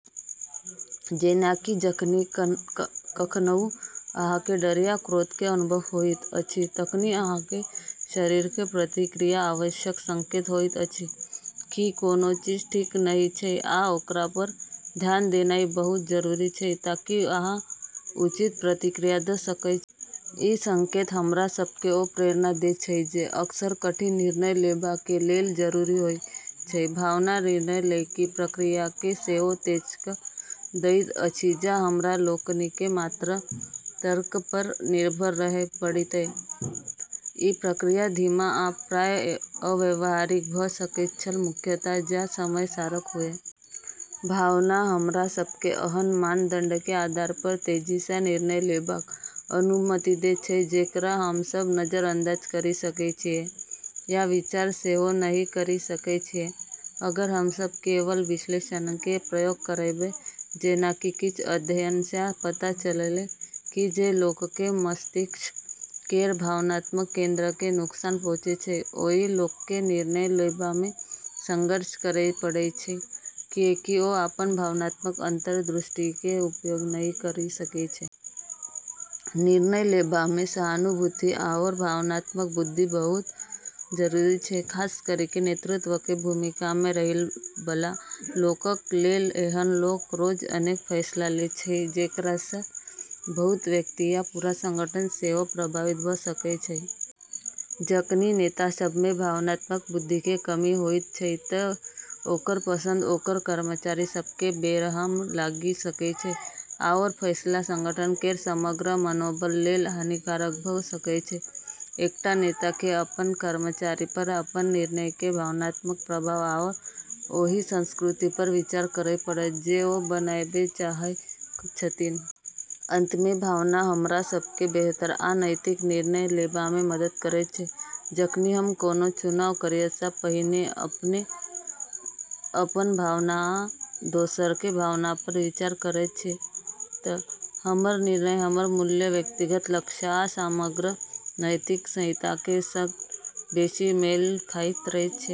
जेना कि जखनि कखनऊ अहाँके डर या क्रोधके अनुभव होइत अछि, तखनि अहाँके शरीरके प्रतिक्रिया आवश्यक संकेत होइत अछि कि कोनो चीज ठीक नहि छै, आ ओकरा पर ध्यान देनाइ बहुत जरूरी छै ताकि अहाँ उचित प्रतिक्रिया द' सकय छी । ई संकेत हमरा सबके ओ प्रेरणा दै छै जे अक्सर कठिन निर्णय लेबाके लेल जरूरी होइ छै। भावना निर्णय लैके प्रक्रियाके सेहो तेज क' दैत अछि। जँ हमरा लोकनिकेँ मात्र तर्क पर निर्भर रहय पड़ितय त' ई प्रक्रिया धीमा आ प्रायः अव्यावहारिक भ' सकैत छल, मुख्यतः जँ समय सारक हुए । भावना हमरा सबके एहन मानदंडके आधार पर तेजीसँ निर्णय लेबाक अनुमति दै छै जेकरा हमसब नजरअंदाज करि सकै छियै या विचार सेहो नहि करि सकै छियै अगर हमसब केवल विश्लेषणके प्रयोग करबै। जेना कि किछ अध्ययनसँ पता चललै कि जे लोकके मस्तिष्क केर भावनात्मक केंद्रके नुकसान पहुँचै छै, ओइ लोकके निर्णय लेबामे संघर्ष करै पड़ै छै, किएकि ओ अपन भावनात्मक अंतर्दृष्टिके उपयोग नहि करि सकै छै। निर्णय लेबामे सहानुभूति आओर भावनात्मक बुद्धि बहुत जरूरी छै, खास करिके नेतृत्वके भूमिकामे रहैबला लोकक लेल । एहन लोक रोज अनेक फैसला लै छै जेकरासँ बहुत व्यक्ति या पूरा संगठन सेहो प्रभावित भ' सकै छै। जखनि नेता सबमे भावनात्मक बुद्धिके कमी होइत छै त' ओकर पसंद ओकर कर्मचारी सबके बेरहम लागि सकै छै, आओर फैसला संगठन केर समग्र मनोबल लेल हानिकारक भ' सकै छै। एकटा नेताके अपन कर्मचारी पर अपन निर्णयके भावनात्मक प्रभाव आओर ओहि संस्कृति पर विचार करय पड़त जे ओ बनाबै चाहय छथिन । अंत मे, भावना हमरा सबके बेहतर आ नैतिक निर्णय लेबामे मदद करैत छै। जखनि हम कोनो चुनाव करयसँ पहिने अपन भावना आ दोसरके भावना पर विचार करैत छी त' हमर निर्णय हमर मूल्य, व्यक्तिगत लक्ष्य आ समग्र नैतिक संहिताके सङ्ग बेशी मेल खाइत रहैत अछि ।